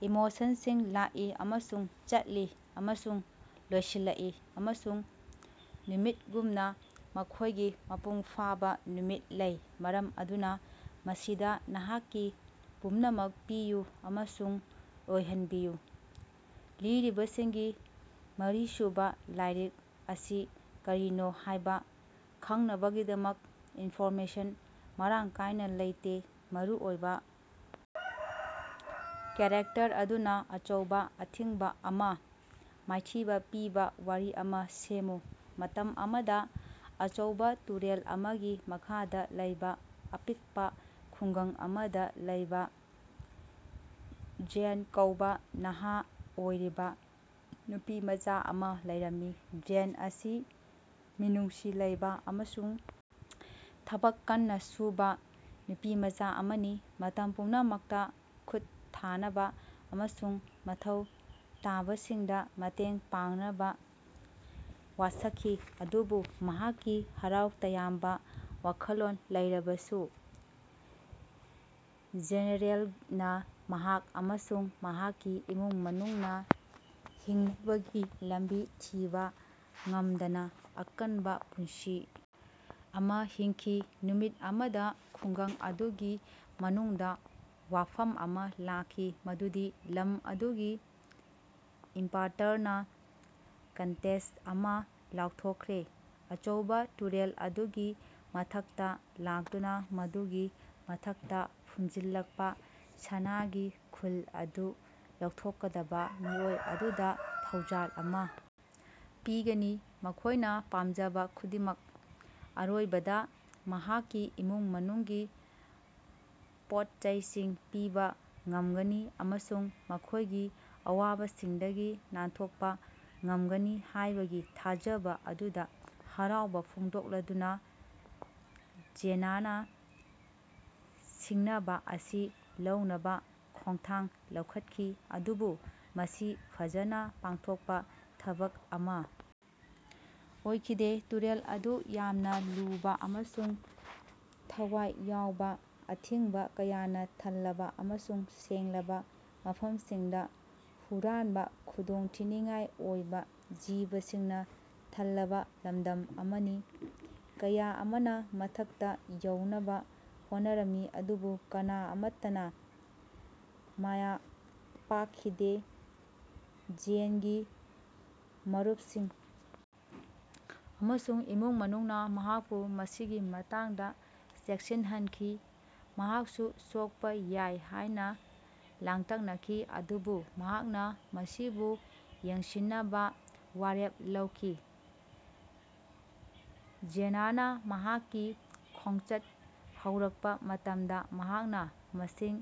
ꯏꯃꯣꯁꯟꯁꯤꯡ ꯂꯥꯛꯏ ꯑꯃꯁꯨꯡ ꯆꯠꯂꯤ ꯑꯃꯁꯨꯡ ꯂꯣꯏꯁꯤꯜꯂꯛꯏ ꯑꯃꯁꯨꯡ ꯅꯨꯃꯤꯠꯒꯨꯝꯅ ꯃꯈꯣꯏꯒꯤ ꯃꯄꯨꯡ ꯐꯥꯕ ꯅꯨꯃꯤꯠ ꯂꯩ ꯃꯔꯝ ꯑꯗꯨꯅ ꯃꯁꯤꯗ ꯅꯍꯥꯛꯀꯤ ꯄꯨꯝꯅꯃꯛ ꯄꯤꯌꯨ ꯑꯃꯁꯨꯡ ꯑꯣꯏꯍꯟꯕꯤꯌꯨ꯫ ꯂꯤꯔꯤꯛꯁꯤꯡꯒꯤ ꯃꯔꯤꯁꯨꯕ ꯂꯥꯏꯔꯤꯛ ꯑꯁꯤ ꯀꯔꯤꯅꯣ ꯍꯥꯏꯕ ꯈꯪꯅꯕꯒꯤꯗꯃꯛ ꯏꯟꯐꯣꯔꯃꯦꯁꯟ ꯃꯔꯥꯡ ꯀꯥꯏꯅ ꯂꯩꯇꯦ꯫। ꯃꯔꯨꯑꯣꯏꯕꯥ ꯀꯦꯔꯦꯛꯇꯔ ꯑꯗꯨꯅꯥ ꯑꯆꯧꯕꯥ ꯑꯊꯤꯡꯕꯥ ꯑꯃꯥ ꯃꯥꯏꯊꯤꯕꯥ ꯄꯤꯕꯥ ꯋꯥꯔꯤ ꯑꯃꯥ ꯁꯦꯝꯃꯨ꯫ ꯃꯇꯝ ꯑꯃꯗꯥ ꯑꯆꯧꯕꯥ ꯇꯨꯔꯦꯜ ꯑꯃꯒꯤ ꯃꯈꯥꯗꯥ ꯂꯩꯕꯥ ꯑꯄꯤꯛꯄ ꯈꯨꯡꯒꯪ ꯑꯃꯗꯥ ꯂꯩꯕ ꯖꯦꯟ ꯀꯧꯕꯥ ꯅꯍꯥ ꯑꯣꯏꯔꯤꯕꯥ ꯅꯨꯄꯤꯃꯆꯥ ꯑꯃ ꯂꯩꯔꯝꯃꯤ꯫ ꯖꯦꯟ ꯑꯁꯤ ꯃꯤꯅꯨꯡꯁꯤ ꯂꯩꯕꯥ ꯑꯃꯁꯨꯡ ꯊꯕꯛ ꯀꯟꯅꯥ ꯁꯨꯕꯥ ꯅꯨꯄꯤꯃꯆꯥ ꯑꯃꯅꯤ, ꯃꯇꯝ ꯄꯨꯝꯅꯃꯛꯇꯥ ꯈꯨꯠ ꯊꯥꯅꯕꯥ ꯑꯃꯁꯨꯡ ꯃꯊꯧ ꯇꯥꯕꯁꯤꯡꯗꯥ ꯃꯇꯦꯡ ꯄꯥꯡꯅꯕꯥ ꯋꯥꯁꯛꯈꯤ꯫ ꯑꯗꯨꯕꯨ ꯃꯍꯥꯛꯀꯤ ꯍꯔꯥꯎ ꯇꯌꯥꯝꯕ ꯋꯥꯈꯜꯂꯣꯟ ꯂꯩꯔꯕꯁꯨ, ꯖꯦꯅꯔꯦꯂꯅꯥ ꯃꯍꯥꯛ ꯑꯃꯁꯨꯡ ꯃꯍꯥꯛꯀꯤ ꯏꯃꯨꯡ ꯃꯅꯨꯡꯅꯥ ꯍꯤꯡꯅꯕꯒꯤ ꯂꯝꯕꯤ ꯊꯤꯕꯥ ꯉꯝꯗꯅꯥ ꯑꯀꯟꯕꯥ ꯄꯨꯟꯁꯤ ꯑꯃꯥ ꯍꯤꯡꯈꯤ꯫ ꯅꯨꯃꯤꯠ ꯑꯃꯗꯥ ꯈꯨꯡꯒꯪ ꯑꯗꯨꯒꯤ ꯃꯅꯨꯡꯗꯥ ꯋꯥꯐꯝ ꯑꯃ ꯂꯥꯛꯈꯤ ꯃꯗꯨꯗꯤ ꯂꯝ ꯑꯗꯨꯒꯤ ꯏꯝꯄꯥꯔꯇꯔꯅꯥ ꯀꯟꯇꯦꯁꯠ ꯑꯃꯥ ꯂꯥꯎꯊꯣꯛꯈ꯭ꯔꯦ꯫ ꯑꯆꯧꯕꯥ ꯇꯨꯔꯦꯜ ꯑꯗꯨꯒꯤ ꯃꯊꯛꯇꯥ ꯂꯥꯛꯇꯨꯅꯥ ꯃꯗꯨꯒꯤ ꯃꯊꯛꯇ ꯐꯨꯝꯖꯤꯜꯂꯛꯄꯥ ꯁꯅꯥꯒꯤ ꯐꯨꯜ ꯑꯗꯨ ꯂꯧꯊꯣꯛꯀꯗꯕꯥ ꯃꯤꯑꯣꯏ ꯑꯗꯨꯗꯥ ꯊꯧꯖꯥꯜ ꯑꯃꯥ ꯄꯤꯒꯅꯤ, ꯃꯈꯣꯏꯅꯥ ꯄꯥꯝꯖꯕꯥ ꯈꯨꯗꯤꯡꯃꯛ꯫ ꯑꯔꯣꯏꯕꯗꯥ ꯃꯍꯥꯛꯀꯤ ꯏꯃꯨꯡ ꯃꯅꯨꯡꯒꯤ ꯄꯣꯠꯆꯩꯁꯤꯡ ꯄꯤꯕꯥ ꯉꯝꯒꯅꯤ ꯑꯃꯁꯨꯡ ꯃꯈꯣꯏꯒꯤ ꯑꯋꯥꯕꯁꯤꯡꯗꯒꯤ ꯅꯥꯟꯊꯣꯛꯄꯥ ꯉꯝꯒꯅꯤ ꯍꯥꯏꯕꯒꯤ ꯊꯥꯖꯕꯥ ꯑꯗꯨꯗꯥ ꯍꯔꯥꯎꯕꯥ ꯐꯣꯡꯗꯣꯛꯂꯗꯨꯅꯥ ꯖꯦꯅꯅꯥ ꯁꯤꯡꯅꯕꯥ ꯑꯁꯤ ꯂꯧꯅꯕꯥ ꯈꯣꯡꯊꯥꯡ ꯂꯧꯈꯠꯈꯤ꯫ ꯑꯗꯨꯕꯨ ꯃꯁꯤ ꯐꯖꯅꯥ ꯄꯥꯡꯊꯣꯛꯄꯥ ꯊꯕꯛ ꯑꯃꯥ ꯑꯣꯏꯈꯤꯗꯦ꯫ ꯇꯨꯔꯦꯜ ꯑꯗꯨ ꯌꯥꯝꯅꯥ ꯂꯨꯕꯥ ꯑꯃꯁꯨꯡ ꯊꯋꯥꯏ ꯌꯥꯎꯕꯥ, ꯑꯊꯤꯡꯕꯥ ꯀꯌꯥꯅꯥ ꯊꯜꯂꯕꯥ ꯑꯃꯁꯨꯡ ꯁꯦꯡꯂꯕꯥ ꯃꯐꯝꯁꯤꯡꯗꯥ ꯍꯨꯔꯥꯟꯕꯥ ꯈꯨꯗꯣꯡꯊꯤꯅꯤꯡꯉꯥꯏ ꯑꯣꯏꯕꯥ ꯖꯤꯕꯁꯤꯡꯅꯥ ꯊꯜꯂꯕꯥ ꯂꯝꯗꯝ ꯑꯃꯅꯤ꯫ ꯀꯌꯥ ꯑꯃꯅꯥ ꯃꯊꯛꯇꯥ ꯌꯧꯅꯕꯥ ꯍꯣꯠꯅꯔꯝꯃꯤ ꯑꯗꯨꯕꯨ ꯀꯅꯥ ꯑꯃꯠꯇꯅꯥ ꯃꯥꯌ ꯄꯥꯛꯈꯤꯗꯦ꯫ ꯖꯦꯟꯒꯤ ꯃꯔꯨꯄꯁꯤꯡ ꯑꯃꯁꯨꯡ ꯏꯃꯨꯡ ꯃꯅꯨꯡꯅꯥ ꯃꯍꯥꯛꯄꯨ ꯃꯁꯤꯒꯤ ꯃꯇꯥꯡꯗꯥ ꯆꯦꯛꯁꯤꯟꯍꯟꯈꯤ, ꯃꯍꯥꯛꯁꯨ ꯁꯣꯛꯄꯥ ꯌꯥꯏ ꯍꯥꯏꯅꯥ ꯂꯥꯡꯇꯛꯅꯈꯤ, ꯑꯗꯨꯕꯨ ꯃꯍꯥꯛꯅꯥ ꯃꯁꯤꯕꯨ ꯌꯦꯡꯁꯤꯟꯅꯕꯥ ꯋꯥꯔꯦꯞ ꯂꯧꯈꯤ꯫ ꯖꯦꯅꯅꯥ ꯃꯍꯥꯛꯀꯤ ꯈꯣꯡꯆꯠ ꯍꯧꯔꯛꯄꯥ ꯃꯇꯝꯗ ꯃꯍꯥꯛꯅꯥ ꯃꯁꯤꯡ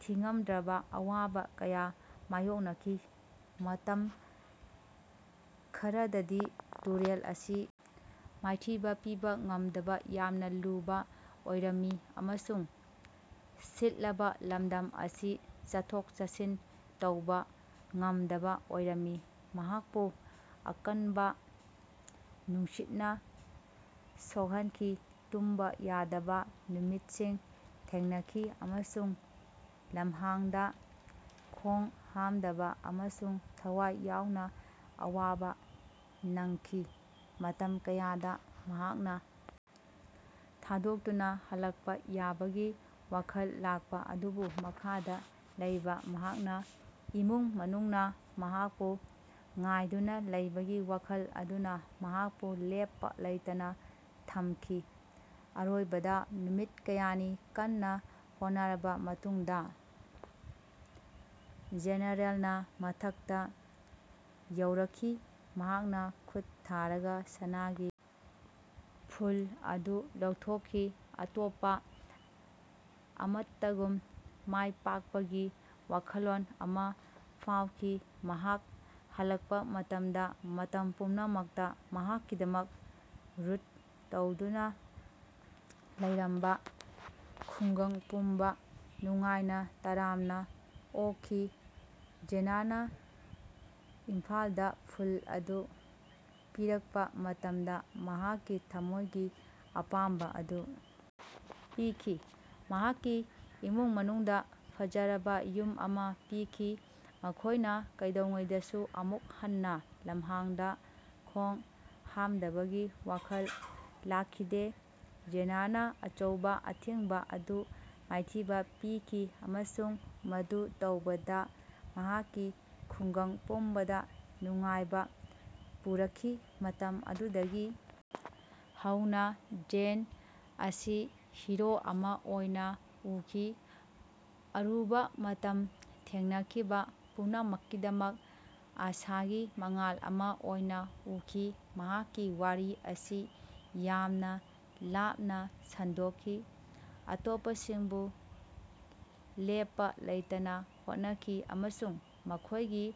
ꯊꯤꯉꯝꯗ꯭ꯔꯕꯥ ꯑꯋꯥꯕ ꯀꯌꯥ ꯃꯥꯌꯣꯛꯅꯈꯤ꯫ ꯃꯇꯝ ꯈꯔꯗꯗꯤ ꯇꯨꯔꯦꯜ ꯑꯁꯤ ꯃꯥꯏꯊꯤꯕꯥ ꯄꯤꯕ ꯉꯝꯗꯕ ꯌꯥꯝꯅꯥ ꯂꯨꯕꯥ ꯑꯣꯏꯔꯝꯃꯤ, ꯑꯃꯁꯨꯡ ꯁꯤꯠꯂꯕꯥ ꯂꯝꯗꯝ ꯑꯁꯤ ꯆꯠꯊꯣꯛ-ꯆꯠꯁꯤꯟ ꯇꯧꯕꯥ ꯉꯝꯗꯕꯥ ꯑꯣꯏꯔꯝꯃꯤ꯫ ꯃꯍꯥꯛꯄꯨ ꯑꯀꯟꯕꯥ ꯅꯨꯡꯁꯤꯠꯅꯥ ꯁꯣꯛꯍꯟꯈꯤ, ꯇꯨꯝꯕꯥ ꯌꯥꯗꯕꯥ ꯅꯨꯃꯤꯠꯁꯤꯡ ꯊꯦꯡꯅꯈꯤ ꯑꯃꯁꯨꯡ ꯂꯝꯍꯥꯡꯗꯥ ꯈꯣꯡꯍꯥꯝꯗꯕꯥ ꯑꯃꯁꯨꯡ ꯊꯋꯥꯏ ꯌꯥꯎꯅ ꯑꯋꯥꯕꯥ ꯅꯪꯈꯤ꯫ ꯃꯇꯝ ꯀꯌꯥꯗ ꯃꯍꯥꯛꯅ ꯊꯥꯗꯣꯛꯇꯨꯅꯥ ꯍꯜꯂꯛꯄꯥ ꯌꯥꯕꯒꯤ ꯋꯥꯈꯜ ꯂꯥꯛꯈꯤ ꯑꯗꯨꯕꯨ ꯃꯈꯥꯗꯥ ꯂꯩꯕꯥ ꯃꯍꯥꯛꯀꯤ ꯏꯃꯨꯡ ꯃꯅꯨꯡꯅꯥ ꯃꯍꯥꯛꯄꯨ ꯉꯥꯏꯗꯨꯅꯥ ꯂꯩꯕꯒꯤ ꯋꯥꯈꯜ ꯑꯗꯨꯅꯥ ꯃꯍꯥꯛꯄꯨ ꯂꯦꯞꯄꯥ ꯂꯩꯇꯅꯥ ꯊꯝꯈꯤ꯫ ꯑꯔꯣꯏꯕꯗ ꯅꯨꯃꯤꯠ ꯀꯌꯥꯅꯤ ꯀꯟꯅꯥ ꯍꯣꯠꯅꯔꯕꯥ ꯃꯇꯨꯡꯗꯥ ꯖꯦꯅꯔꯦꯜꯅꯥ ꯃꯊꯛꯇꯥ ꯌꯧꯔꯛꯈꯤ꯫ ꯃꯍꯥꯛꯅꯥ ꯈꯨꯠ ꯊꯥꯔꯒꯥ ꯁꯅꯥꯒꯤ ꯐꯨꯜ ꯑꯗꯨ ꯂꯧꯊꯣꯛꯈꯤ, ꯑꯇꯣꯞꯄꯥ ꯑꯃꯠꯇꯒꯨꯝ ꯃꯥꯏꯄꯥꯛꯄꯒꯤ ꯋꯥꯈꯜꯂꯣꯟ ꯑꯃꯥ ꯐꯥꯎꯈꯤ꯫ ꯃꯍꯥꯛ ꯍꯜꯂꯛꯄꯥ ꯃꯇꯝꯗꯥ, ꯃꯇꯝ ꯄꯨꯝꯅꯃꯛꯇꯥ ꯃꯍꯥꯛꯀꯤꯗꯃꯛ ꯔꯨꯠ ꯇꯧꯗꯨꯅꯥ ꯂꯩꯔꯝꯕꯥ ꯈꯨꯡꯒꯪ ꯄꯨꯝꯕꯥ ꯅꯨꯡꯉꯥꯏꯅꯥ ꯇꯔꯥꯝꯅꯥ ꯑꯣꯛꯈꯤ꯫ ꯖꯦꯅꯅꯥ ꯏꯝꯐꯥꯜꯗꯥ ꯐꯨꯜ ꯑꯗꯨ ꯄꯤꯔꯛꯄꯥ ꯃꯇꯝꯗ ꯃꯍꯥꯛꯀꯤ ꯊꯝꯃꯣꯏꯒꯤ ꯑꯄꯥꯝꯕꯥ ꯑꯗꯨ ꯄꯤꯈꯤ꯫ ꯃꯍꯥꯛꯀꯤ ꯏꯃꯨꯡ ꯃꯅꯨꯡꯗꯥ ꯐꯖꯔꯕꯥ ꯌꯨꯝ ꯑꯃ ꯄꯤꯈꯤ, ꯃꯈꯣꯏꯅ ꯀꯩꯗꯧꯉꯩꯗꯁꯨ ꯑꯃꯨꯛ ꯍꯟꯅꯥ ꯂꯝꯍꯥꯡꯗꯥ ꯈꯣꯡ ꯍꯥꯝꯗꯕꯒꯤ ꯋꯥꯈꯜ ꯂꯥꯛꯈꯤꯗꯦ꯫ ꯖꯦꯅꯅꯥ ꯑꯆꯧꯕꯥ ꯑꯊꯤꯡꯕꯥ ꯑꯗꯨ ꯃꯥꯏꯊꯤꯕꯥ ꯄꯤꯈꯤ ꯑꯃꯁꯨꯡ ꯃꯗꯨ ꯇꯧꯕꯗꯥ ꯃꯍꯥꯛꯀꯤ ꯈꯨꯡꯒꯪ ꯄꯨꯝꯕꯗꯥ ꯅꯨꯡꯉꯥꯏꯕꯥ ꯄꯨꯔꯛꯈꯤ꯫ ꯃꯇꯝ ꯑꯗꯨꯗꯒꯤ ꯍꯧꯅꯥ ꯖꯦꯟ ꯑꯁꯤ ꯍꯤꯔꯣ ꯑꯃꯥ ꯑꯣꯏꯅꯥ ꯎꯈꯤ, ꯑꯔꯨꯕꯥ ꯃꯇꯝ ꯊꯦꯡꯅꯈꯤꯕꯥ ꯄꯨꯝꯅꯃꯛꯀꯤꯗꯃꯛ ꯑꯥꯁꯥꯒꯤ ꯃꯉꯥꯜ ꯑꯃꯥ ꯑꯣꯏꯅꯥ ꯎꯈꯤ꯫ ꯃꯍꯥꯛꯀꯤ ꯋꯥꯔꯤ ꯑꯁꯤ ꯌꯥꯝꯅꯥ ꯂꯥꯞꯅꯥ ꯁꯟꯗꯣꯛꯈꯤ, ꯑꯇꯣꯞꯄꯁꯤꯡꯕꯨ ꯂꯦꯞꯄꯥ ꯂꯩꯇꯅꯥ ꯍꯣꯠꯅꯈꯤ ꯑꯃꯁꯨꯡ ꯃꯈꯣꯏꯒꯤ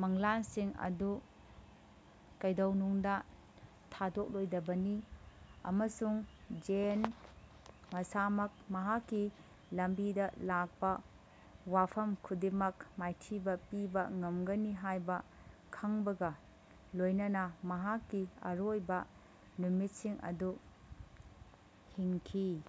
ꯃꯪꯂꯥꯟꯁꯤꯡ ꯑꯗꯨ ꯀꯩꯗꯧꯅꯨꯡꯗꯥ ꯊꯥꯗꯣꯛꯂꯣꯏꯗꯕꯅꯤ꯫ ꯑꯃꯁꯨꯡ ꯖꯦꯟ ꯃꯁꯥꯃꯛ, ꯃꯍꯥꯛꯀꯤ ꯂꯝꯕꯤꯗꯥ ꯂꯥꯛꯄꯥ ꯋꯥꯐꯝ ꯈꯨꯗꯤꯡꯃꯛ ꯃꯥꯏꯊꯤꯕꯥ ꯄꯤꯕꯥ ꯉꯝꯒꯅꯤ ꯍꯥꯏꯕꯥ ꯈꯪꯕꯒꯥ ꯂꯣꯏꯅꯅ ꯃꯍꯥꯛꯀꯤ ꯑꯔꯣꯏꯕꯥ ꯅꯨꯃꯤꯠꯁꯤꯡ ꯑꯗꯨ ꯍꯤꯡꯈꯤ꯫।